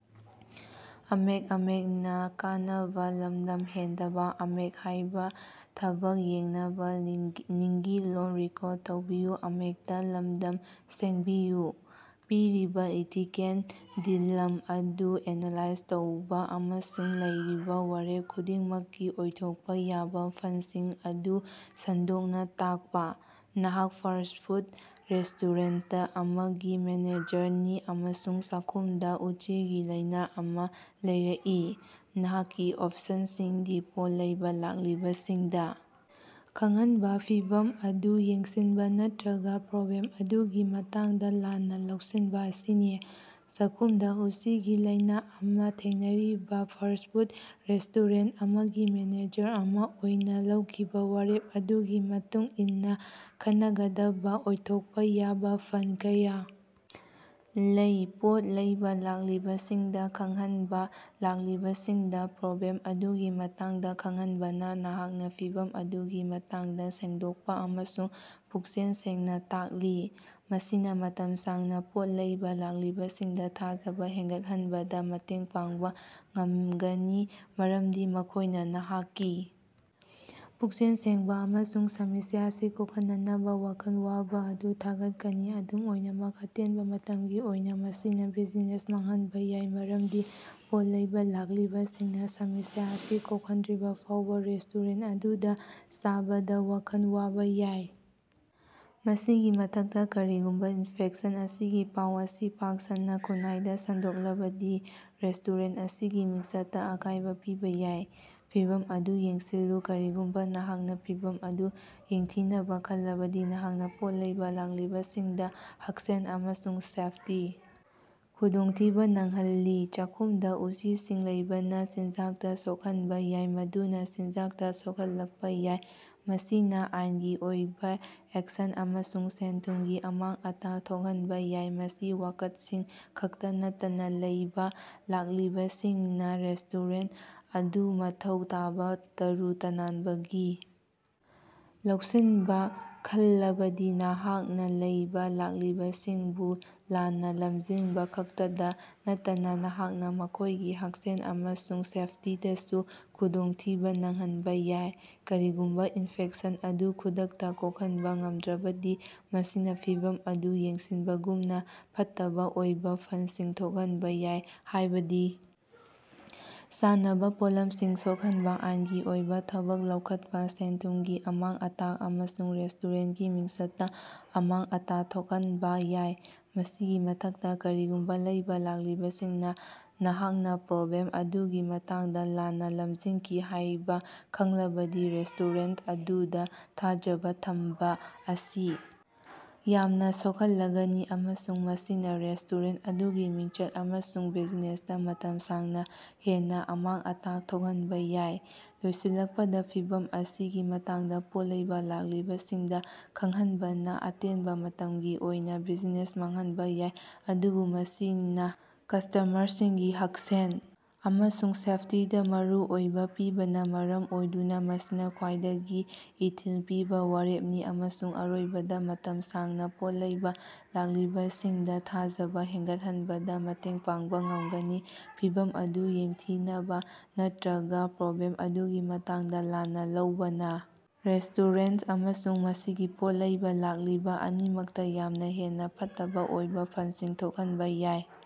ꯄꯤꯔꯤꯕꯥ ethical dilemma ꯑꯗꯨ analyse ꯇꯧꯕ ꯑꯃꯁꯨꯡ ꯂꯩꯔꯤꯕꯥ ꯋꯥꯔꯦꯞ ꯈꯨꯗꯤꯡꯃꯛꯀꯤ ꯑꯣꯏꯊꯣꯛꯄ ꯌꯥꯕ ꯐꯜꯁꯤꯡ ꯑꯗꯨ ꯁꯟꯗꯣꯛꯅ ꯇꯥꯛꯄ꯫ ꯅꯍꯥꯛ ꯐꯥꯁ꯭ꯠ ꯐꯨꯗ ꯔꯦꯁꯇꯣꯔꯦꯟꯇ ꯑꯃꯒꯤ ꯃꯦꯅꯦꯖꯔꯅꯤ ꯑꯃꯁꯨꯡ ꯆꯥꯛꯈꯨꯝꯗ ꯎꯆꯤꯒꯤ ꯂꯥꯏꯅ ꯑꯃ ꯂꯩꯔꯛꯏ꯫ ꯅꯍꯥꯛꯀꯤ ꯑꯣꯞꯁꯟꯁꯤꯡꯗꯤ ꯄꯣꯠ ꯂꯩꯕ ꯂꯥꯛꯂꯤꯕꯁꯤꯡꯗ ꯈꯪꯍꯟꯕ ꯐꯤꯚꯝ ꯑꯗꯨ ꯌꯦꯡꯁꯤꯟꯕ ꯅꯠꯇ꯭ꯔꯒ ꯄ꯭ꯔꯣꯕ꯭ꯂꯦꯝ ꯑꯗꯨꯒꯤ ꯃꯇꯥꯡꯗ ꯂꯥꯟꯅ ꯂꯧꯁꯤꯟꯕ ꯑꯁꯤꯅꯤ꯫ ꯆꯥꯈꯨꯝꯗ ꯎꯆꯤꯒꯤ ꯂꯥꯏꯅ ꯑꯃꯥ ꯊꯦꯡꯅꯔꯤꯕꯥ ꯐꯥꯁ꯭ꯠ ꯐꯨꯗ ꯔꯦꯁꯇꯣꯔꯦꯟꯇ ꯑꯃꯒꯤ ꯃꯦꯅꯦꯖꯔ ꯑꯃ ꯑꯣꯏꯅ ꯂꯧꯈꯤꯕ ꯋꯥꯔꯦꯞ ꯑꯗꯨꯒꯤ ꯃꯇꯨꯡ ꯏꯟꯅ ꯈꯟꯅꯒꯗꯕ ꯑꯣꯏꯊꯣꯛꯄ ꯌꯥꯕ ꯐꯜ ꯀꯌꯥ ꯂꯩ꯫ ꯄꯣꯠ ꯂꯩꯕ ꯂꯥꯛꯂꯤꯕꯁꯤꯡꯗ ꯈꯪꯍꯟꯕ ꯂꯥꯛꯂꯤꯕꯁꯤꯡꯗ ꯄ꯭ꯔꯣꯕ꯭ꯂꯦꯝ ꯑꯗꯨꯒꯤ ꯃꯇꯥꯡꯗ ꯈꯪꯍꯟꯕꯅ ꯅꯍꯥꯛꯅ ꯐꯤꯚꯝ ꯑꯗꯨꯒꯤ ꯃꯇꯥꯡꯗ ꯁꯦꯡꯗꯣꯛꯄ ꯑꯃꯁꯨꯡ ꯄꯨꯛꯆꯦꯜ ꯁꯦꯡꯅ ꯇꯥꯛꯂꯤ꯫ ꯃꯁꯤꯅ ꯃꯇꯝ ꯁꯥꯡꯅ ꯄꯣꯠ ꯂꯩꯕ ꯂꯥꯛꯂꯤꯕꯁꯤꯡꯗ ꯊꯥꯖꯕ ꯍꯦꯟꯒꯠꯍꯟꯕꯗ ꯃꯇꯦꯡ ꯄꯥꯡꯕ ꯉꯝꯒꯅꯤ ꯃꯔꯝꯗꯤ ꯃꯈꯣꯢꯅ ꯅꯍꯥꯛꯀꯤ ꯄꯨꯛꯆꯦꯜ ꯁꯦꯡꯕ ꯑꯃꯁꯨꯡ ꯁꯃꯁ꯭ꯌꯥ ꯑꯁꯤ ꯀꯣꯛꯍꯟꯅꯕ ꯋꯥꯈꯜ ꯋꯥꯕ ꯑꯗꯨ ꯊꯥꯒꯠꯀꯅꯤ꯫ ꯑꯗꯨꯝ ꯑꯣꯏꯅꯃꯛ ꯑꯇꯦꯟꯕ ꯃꯇꯝꯒꯤ ꯑꯣꯏꯅ ꯃꯁꯤꯅ ꯕꯤꯖꯤꯅꯦꯁ ꯃꯥꯡꯍꯟꯕ ꯌꯥꯏ ꯃꯔꯝꯗꯤ ꯄꯣꯠ ꯂꯩꯕ ꯂꯥꯛꯂꯤꯕ ꯁꯤꯡꯅ ꯁꯃꯁ꯭ꯌꯥ ꯑꯁꯤ ꯀꯣꯛꯍꯟꯗ꯭ꯔꯤꯐꯥꯎꯕ ꯔꯦꯁꯇꯣꯔꯦꯟꯇ ꯑꯗꯨꯗ ꯆꯥꯕꯗ ꯋꯥꯈꯜ ꯋꯥꯕꯥ ꯌꯥꯏ꯫ ꯃꯁꯤꯒꯤ ꯃꯊꯛꯇ ꯀꯔꯤꯒꯨꯝꯕ ꯏꯟꯐꯦꯛꯁꯟ ꯑꯁꯤꯒꯤ ꯄꯥꯎ ꯑꯁꯤ ꯄꯥꯛ ꯁꯟꯅ ꯈꯨꯟꯅꯥꯏꯗ ꯁꯟꯗꯣꯛꯂꯕꯗꯤ ꯔꯦꯁꯇꯣꯔꯦꯟꯇ ꯑꯁꯤꯒꯤ ꯃꯤꯡꯆꯠꯇ ꯑꯀꯥꯢꯕ ꯄꯤꯕꯥ ꯌꯥꯏ꯫ ꯐꯤꯚꯝ ꯑꯗꯨ ꯌꯦꯡꯁꯤꯜꯂꯨ ꯀꯔꯤꯒꯨꯝꯕ ꯅꯍꯥꯛꯅ ꯐꯤꯚꯝ ꯑꯗꯨ ꯌꯦꯡꯊꯤꯅꯕ ꯈꯜꯂꯕꯗꯤ ꯅꯍꯥꯛꯅ ꯄꯣꯠ ꯂꯩꯕ ꯂꯥꯛꯂꯤꯕꯁꯤꯡꯗ ꯍꯛꯁꯦꯜ ꯑꯃꯁꯨꯡ ꯁꯦꯐꯇꯤ ꯈꯨꯗꯣꯡꯊꯤꯕ ꯅꯪꯍꯜꯂꯤ꯫ ꯆꯥꯈꯨꯝꯗ ꯎꯆꯤꯁꯤꯡ ꯂꯩꯕꯅ ꯆꯤꯟꯖꯥꯛꯇꯥ ꯁꯣꯛꯍꯟꯕ ꯌꯥꯏ ꯃꯗꯨꯅ ꯆꯤꯟꯖꯥꯛꯇ ꯁꯣꯛꯍꯜꯂꯛꯄ ꯌꯥꯏ꯫ ꯃꯁꯤꯅꯥ ꯑꯥꯏꯟꯒꯤ ꯑꯣꯏꯕ ꯑꯦꯛꯁꯟ ꯑꯃꯁꯨꯡ ꯁꯦꯜ-ꯊꯨꯝꯒꯤ ꯑꯃꯥꯡ-ꯑꯇꯥ ꯊꯣꯛꯍꯟꯕ ꯌꯥꯏ ꯃꯁꯤ ꯋꯥꯀꯠꯁꯤꯡ ꯈꯛꯇ ꯅꯠꯇꯅ ꯂꯩꯕ ꯂꯥꯛꯂꯤꯕꯁꯤꯡꯅ ꯔꯦꯁꯇꯣꯔꯦꯟꯇ ꯑꯗꯨꯅ ꯃꯊꯧ ꯇꯥꯕ ꯇꯔꯨ ꯇꯅꯥꯟꯕꯒꯤ ꯂꯧꯁꯤꯟꯕ ꯈꯜꯂꯕꯗꯤ ꯅꯍꯥꯛꯅ ꯂꯩꯕ ꯂꯥꯛꯂꯤꯕꯁꯤꯡꯕꯨ ꯂꯥꯟꯅ ꯂꯝꯖꯤꯡꯕꯈꯛꯇꯗ ꯅꯠꯇꯅ ꯅꯍꯥꯛꯅ ꯃꯈꯣꯢꯒꯤ ꯍꯛꯁꯦꯜ ꯑꯃꯁꯨꯡ ꯁꯦꯐꯇꯤꯗꯁꯨ ꯈꯨꯗꯣꯡ ꯊꯤꯕ ꯅꯪꯍꯟꯕ ꯌꯥꯏ꯫ ꯀꯔꯤꯒꯨꯝꯕ ꯏꯟꯐꯦꯛꯁꯟ ꯑꯗꯨ ꯈꯨꯗꯛꯇ ꯀꯣꯛꯍꯟꯕ ꯉꯝꯗ꯭ꯔꯕꯗꯤ ꯃꯁꯤꯅ ꯐꯤꯚꯝ ꯑꯗꯨ ꯌꯦꯡꯁꯤꯟꯕꯒꯨꯝꯅ ꯐꯠꯇꯕ ꯑꯣꯏꯕ ꯐꯜꯁꯤꯡ ꯊꯣꯛꯍꯟꯕ ꯌꯥꯏ ꯍꯥꯢꯕꯗꯤ ꯆꯥꯅꯕ ꯄꯣꯠꯂꯝꯁꯤꯡ ꯁꯣꯛꯍꯟꯕ ꯑꯥꯏꯟꯒꯤ ꯑꯣꯏꯕ ꯊꯕꯛ ꯂꯧꯈꯠꯄ ꯁꯦꯜ-ꯊꯨꯝꯒꯤ ꯑꯃꯥꯡ-ꯑꯇꯥ ꯑꯃꯁꯨꯡ ꯔꯦꯁꯇꯣꯔꯦꯟꯇꯀꯤ ꯃꯤꯡꯆꯠꯇ ꯑꯃꯥꯡ-ꯑꯇꯥ ꯊꯣꯛꯍꯟꯕ ꯌꯥꯏ꯫ ꯃꯁꯤꯒꯤ ꯃꯊꯛꯇ ꯀꯔꯤꯒꯨꯝꯕ ꯂꯩꯕ ꯂꯥꯛꯂꯤꯕꯁꯤꯡꯅ ꯅꯍꯥꯛꯅ ꯄ꯭ꯔꯣꯕ꯭ꯂꯦꯝ ꯑꯗꯨꯒꯤ ꯃꯇꯥꯡꯗ ꯂꯥꯟꯅ ꯂꯝꯖꯤꯡꯈꯤ ꯍꯥꯢꯕ ꯈꯪꯂꯕꯗꯤ ꯔꯦꯁꯇꯣꯔꯦꯟꯇ ꯑꯗꯨꯗ ꯊꯥꯖꯕ ꯊꯝꯕ ꯑꯁꯤ ꯌꯥꯝꯅ ꯁꯣꯛꯍꯜꯂꯒꯅꯤ ꯑꯃꯁꯨꯡ ꯃꯁꯤꯅ ꯔꯦꯁꯇꯣꯔꯦꯟꯇ ꯑꯗꯨꯒꯤ ꯃꯤꯡꯆꯠ ꯑꯃꯁꯨꯡ ꯕꯤꯖꯤꯅꯦꯁꯇ ꯃꯇꯝ ꯁꯥꯡꯅ ꯍꯦꯟꯅ ꯑꯃꯥꯡ-ꯑꯇꯥ ꯊꯣꯛꯍꯟꯕ ꯌꯥꯏ꯫ ꯂꯣꯏꯁꯤꯜꯂꯛꯄꯗ ꯐꯤꯚꯝ ꯑꯁꯤꯒꯤ ꯃꯇꯥꯡꯗ ꯄꯣꯠ ꯂꯩꯕ ꯂꯥꯛꯂꯤꯕꯁꯤꯡꯗ ꯈꯡꯍꯟꯕꯅ ꯑꯇꯦꯟꯕ ꯃꯇꯝꯒꯤ ꯑꯣꯏꯅ ꯕꯤꯖꯤꯅꯦꯁ ꯃꯥꯡꯍꯟꯕ ꯌꯥꯏ ꯑꯗꯨꯕꯨ ꯃꯁꯤꯅ ꯀꯁꯇꯃꯔꯁꯤꯡꯒꯤ ꯍꯛꯁꯦꯜ ꯑꯃꯁꯨꯡ ꯁꯦꯐꯇꯤꯗ ꯃꯔꯨ ꯑꯣꯏꯕ ꯄꯤꯕꯅ ꯃꯔꯝ ꯑꯣꯏꯗꯨꯅ ꯃꯁꯤꯅ ꯈ꯭ꯋꯥꯏꯗꯒꯤ ꯏꯊꯤꯜ ꯄꯤꯕ ꯋꯥꯔꯦꯞꯅꯤ ꯑꯃꯁꯨꯡ ꯑꯔꯣꯏꯕꯗ ꯃꯇꯝ ꯁꯥꯡꯅ ꯄꯣꯠ ꯂꯩꯕ ꯂꯥꯛꯂꯤꯕꯁꯤꯡꯗ ꯊꯥꯖꯕ ꯍꯦꯟꯒꯠꯍꯟꯕꯗ ꯃꯇꯦꯡ ꯄꯥꯡꯕ ꯉꯝꯒꯅꯤ꯫ ꯐꯤꯚꯝ ꯑꯗꯨ ꯌꯦꯡꯊꯤꯅꯕ ꯅꯠꯇ꯭ꯔꯒ ꯄ꯭ꯔꯣꯕ꯭ꯂꯦꯝ ꯑꯗꯨꯒꯤ ꯃꯇꯥꯡꯗ ꯂꯥꯟꯅ ꯂꯧꯕꯅ ꯔꯦꯁꯇꯨꯔꯦꯟꯇ ꯑꯃꯁꯨꯡ ꯃꯁꯤꯒꯤ ꯄꯣꯠ ꯂꯩꯕ ꯂꯥꯛꯂꯤꯕ ꯑꯅꯤꯃꯛꯇ ꯌꯥꯝꯅ ꯍꯦꯟꯅ ꯐꯠꯇꯕ ꯑꯣꯏꯕ ꯐꯜꯁꯤꯡ ꯊꯣꯛꯍꯟꯕꯥ ꯌꯥꯏ꯫